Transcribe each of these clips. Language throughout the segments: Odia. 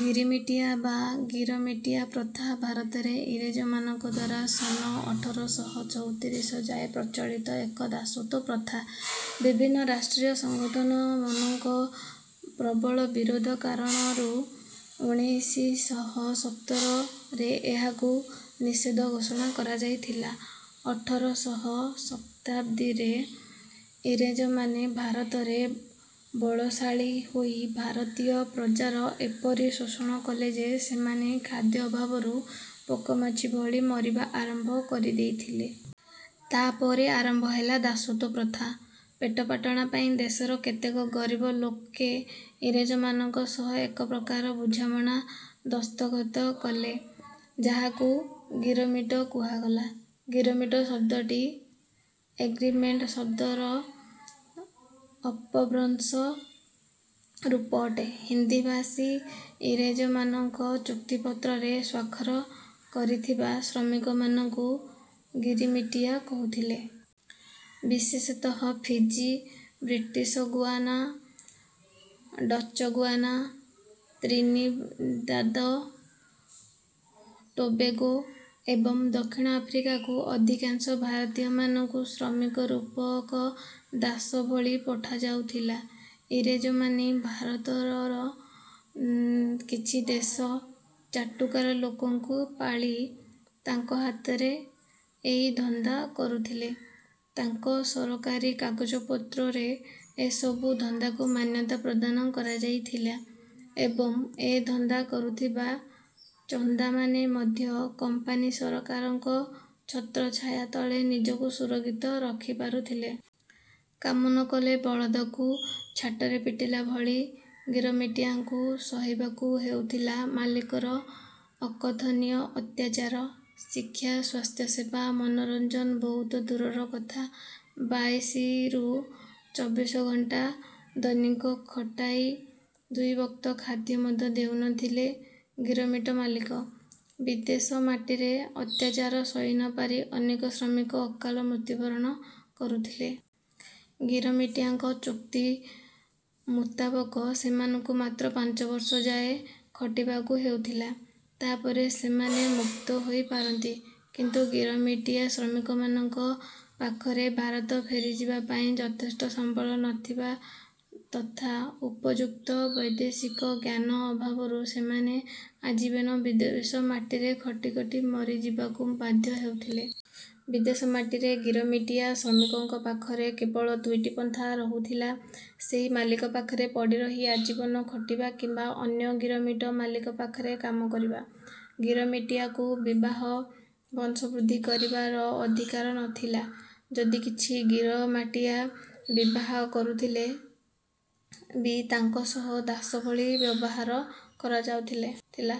ଗିରିମିଟିଆ ବା ଗିରମିଟିୟା ପ୍ରଥା ଭାରତରେ ଇଂରେଜ ମାନଙ୍କଦ୍ୱାରା ସନ ଅଠର ଶହ ଚଉତିରିଶ ଯାଏଁ ପ୍ରଚଳିତ ଏକ ଦାସତ୍ୱ ପ୍ରଥା। ବିଭିନ୍ନ ରାଷ୍ଟ୍ରୀୟ ସଂଗଠନ ମନଙ୍କ ପ୍ରବଳ ବିରୋଧ କାରଣରୁ ଉଣେଇଶି ଶହ ସତର ରେ ଏହାକୁ ନିଷେଧ ଘୋଷଣା କରାଯାଇଥିଲା। ଅଠର ଶହ ଶତାବ୍ଦୀରେ ଇଂରେଜ ମାନେ ଭାରତରେ ବଳଶାଳୀ ହୋଇ ଭାରତୀୟ ପ୍ରଜାର ଏପରି ଶୋଷଣ କଲେ ଯେ ସେମାନେ ଖାଦ୍ୟ ଅଭାବରୁ ପୋକମାଛି ଭଳି ମରିବା ଆରମ୍ଭ କରିଦେଇଥିଲେ। ତାପରେ ଆରମ୍ଭ ହେଲା ଦାସତ୍ୱ ପ୍ରଥା। ପେଟପାଟଣା ପାଇଁ ଦେଶର କେତେକ ଗରିବ ଲୋକେ ଇଂରେଜ ମାନଙ୍କ ସହ ଏକ ପ୍ରକାରର ବୁଝାମଣା ଦସ୍ତଖତ କଲେ ଯାହାକୁ ଗିରମିଟ କୁହାଗଲା। ଗିରମିଟ ଶବ୍ଦଟି ଏଗ୍ରିମେଣ୍ଟ ଶବ୍ଦର ଅପଭ୍ରଂଶ ରୂପ ଅଟେ। ହିନ୍ଦୀଭାଷୀ ଇଂରେଜମାନଙ୍କ ଚୁକ୍ତିପତ୍ରରେ ସ୍ୱାକ୍ଷର କରିଥିବା ଶ୍ରମିକମାନଙ୍କୁ ଗିରିମିଟିୟା କହୁଥିଲେ। ବିଶେଷତଃ Fiji, British Guiana, Dutch Guiana, Trinidad Tobago ଏବଂ ଦକ୍ଷିଣ ଆଫ୍ରିକାକୁ ଅଧିକାଂଶ ଭାରତୀୟମାନଙ୍କୁ ଶ୍ରମିକ ରୂପକ ଦାସ ଭଳି ପାଠାଯାଉଥିଲା। ଇଂରେଜ ମାନେ ଭାରତର କିଛି ଦେଶୀ ଚାଟୁକାର ଲୋକଙ୍କୁ ପାଳି ତାଙ୍କ ହାତରେ ଏଇ ଧନ୍ଦା କରୁଥିଲେ। ତାଙ୍କ ସରକାରୀ କାଗଜପତ୍ରରେ ଏ ସବୁ ଧନ୍ଦାକୁ ମାନ୍ଯତା ପ୍ରଦାନ କରାଯାଇଥିଲା ଏବଂ ଏ ଧନ୍ଦା କରୁଥିବା ଚନ୍ଦାମାନେ ମଧ୍ୟ କମ୍ପାନୀ ସରକାରଙ୍କ ଛତ୍ରଛାୟା ତଳେ ନିଜକୁ ସୁରକ୍ଷିତ ରଖିପାରୁଥିଲେ। କାମ ନ କଲେ ବଳଦକୁ ଛାଟରେ ପିଟିଲା ଭଳି ଗିରମିଟିଆକୁ ସହିବାକୁ ହେଉଥିଲା ମାଲିକର ଅକଥନୀୟ ଅତ୍ୟାଚାର ଶିକ୍ଷା ସ୍ୱାସ୍ଥ୍ୟସେବା ମନୋରଂଜନ ବହୁତ ଦୂରର କଥା। ବାଇଶି ରୁ ଚବିଶ ଘଣ୍ଟା ଦୈନିକ ଖଟାଇ ଦୁଇ ବକ୍ତ ଖାଦ୍ୟ ମଧ୍ୟ ଦେଉନଥିଲେ ଗିରମିଟ ମାଲିକ। ବିଦେଶ ମାଟିରେ ଅତ୍ୟାଚାର ସହି ନ ପାରି ଅନେକ ଶ୍ରମିକ ଅକାଳ ମୃତ୍ୟୁବରଣ କରୁଥିଲେ। ଗିରମିଟିଆଙ୍କ ଚୁକ୍ତି ମୁତାବକ ସେମାନଙ୍କୁ ମାତ୍ର ପାଞ୍ଚବର୍ଷ ଯାଏଁ ଖଟିବାକୁ ହେଉଥିଲା। ତାପରେ ସେମାନେ ମୁକ୍ତ ହୋଇପାରନ୍ତି। କିନ୍ତୁ ଗିରମିଟିଆ ଶ୍ରମିକମାନଙ୍କ ପାଖରେଭାରତ ଫେରିଯିବା ପାଇଁ ଯଥେଷ୍ଟ ସମ୍ବଳ ନଥିବା ତଥା ଉପଯୁକ୍ତ ବୈଦେଶିକ ଜ୍ଞାନ ଅଭାବରୁ ସେମାନେ ଆଜୀବନ ବିଦେଶ ମାଟିରେ ଖଟି ଖଟି ମରିଯିବାକୁ ବାଧ୍ଯ ହେଉଥିଲେ। ବିଦେଶ ମାଟିରେ ଗିରମିଟିଆ ଶ୍ରମିକଙ୍କ ପାଖରେ କେବଳ ଦୁଇଟି ପନ୍ଥା ରହୁଥିଲାସେଇ ମାଲିକ ପାଖରେ ପଡିରହି ଆଜୀବନ ଖଟିବା କିମ୍ବା ଅନ୍ଯ ଗିରମିଟ ମାଲିକ ପାଖରେ କାମ କରିବା। ଗିରମିଟିଆକୁ ବିବାହ ବଂଶବୃଦ୍ଧି କରିବାର ଅଧିକାର ନଥିଲା। ଯଦି କିଛି ଗିରମାଟିଆ ବିବାହ କରୁଥିଲେ ବି ତାଙ୍କ ସହ ଦାସ ଭଳି ବ୍ଯବହାର କରାଯାଉଥିଲଲେ ଥିଲା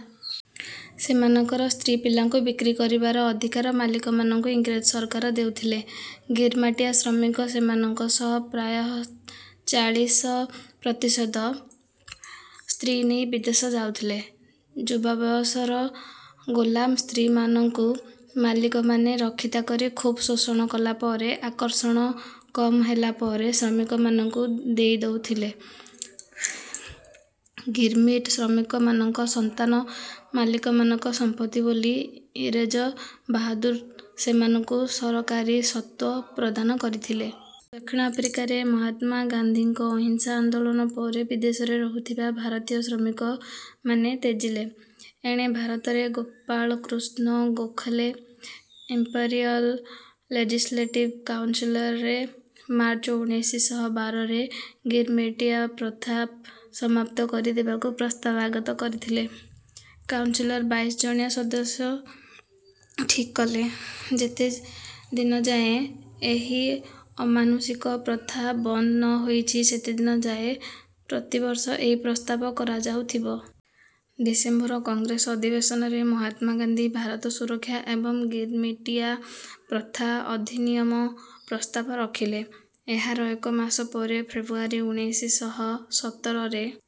। ସେମାନଙ୍କର ସ୍ତ୍ରୀ ପିଲାଙ୍କୁ ବିକ୍ରୀ କରିବାର ଅଧିକାର ମାଲିକମାନଙ୍କୁ ଇଂରେଜ ସରକାର ଦେଉଥିଲେ। ଗିରମାଟିଆ ଶ୍ରମିକ ସେମାନଙ୍କ ସହ ପ୍ରାୟଃ ଚାଳିସ ପ୍ରତିଶତ ସ୍ତ୍ରୀନେଇ ବିଦେଶ ଯାଉଥିଲେ। ଯୁବା ବୟସର ଗୋଲାମ ସ୍ତ୍ରୀମାନଙ୍କୁ ମାଲିକ ମାନେ ରକ୍ଷିତା କରି ଖୁବ ଶୋଷଣ କଲାପରେ ଆକର୍ଷଣ କମ ହେଲା ପରେ ଶ୍ରମିକମାନଙ୍କୁ ଦେଇଦେଉଥିଲେ ଗିରମିଟ ଶ୍ରମିକ ମାନଙ୍କ ସନ୍ତାନ ମାଲିକ ମାନଙ୍କ ସମ୍ପତ୍ତି ବୋଲି ଇଂରେଜ ବାହାଦୁର ସେମାନଙ୍କୁ ସରକାରୀ ସତ୍ତ୍ୱ ପ୍ରଦାନ କରିଥିଲେ। ଦକ୍ଷିଣ ଆଫ୍ରିକାରେ ମହାତ୍ମା ଗାନ୍ଧୀଙ୍କ ଅହିଂସା ଆନ୍ଦୋଳନ ପରେ ବିଦେଶରେ ରହୁଥିବା ଭାରତୀୟ ଶ୍ରମିକ ମାନେ ତେଜିଲେ। ଏଣେ ଭାରତରେ ଗୋପାଳ କୃଷ୍ଣ ଗୋଖଲେ, ଇମ୍ପେରିୟଲ ଲେଜିସ୍ଲେଟିଭ କାଉନସିଲରେ ମାର୍ଚ୍ଚ ଉଣେଇଶି ଶହ ବାରରେ ଗିରମିଟିଆ ପ୍ରଥା ସମାପ୍ତ କରିଦେବାକୁ ପ୍ରସ୍ତାବ ଆଗତ କରିଥିଲେ। କାଉନସିଲର ବାଇଶି ଜଣିଆ ସଦସ୍ୟ ଠିକ କଲେ ଯେତେଦିନ ଯାଏଁ ଏହି ଅମାନୁଷିକ ପ୍ରଥା ବନ୍ଦ ନ ହୋଇଛି ସେତେଦିନ ଯାଏଁ ପ୍ରତିବର୍ଷ ଏହି ପ୍ରସ୍ତାବ କରାଯାଉଥିବ। ଡିସେମ୍ବର କଂଗ୍ରେସ ଅଧିବେଶନରେ ମହାତ୍ମା ଗାନ୍ଧୀ, ଭାରତ ସୁରକ୍ଷା ଏବଂ ଗିରମିଟିଆ ପ୍ରଥା ଅଧିନିୟମ ପ୍ରସ୍ତାବ ରଖିଲେ। ଏହାର ଏକ ମାସ ପରେ ଫେବୃଆରୀ ଉଣେଇଶି ଶହ ସତରରେ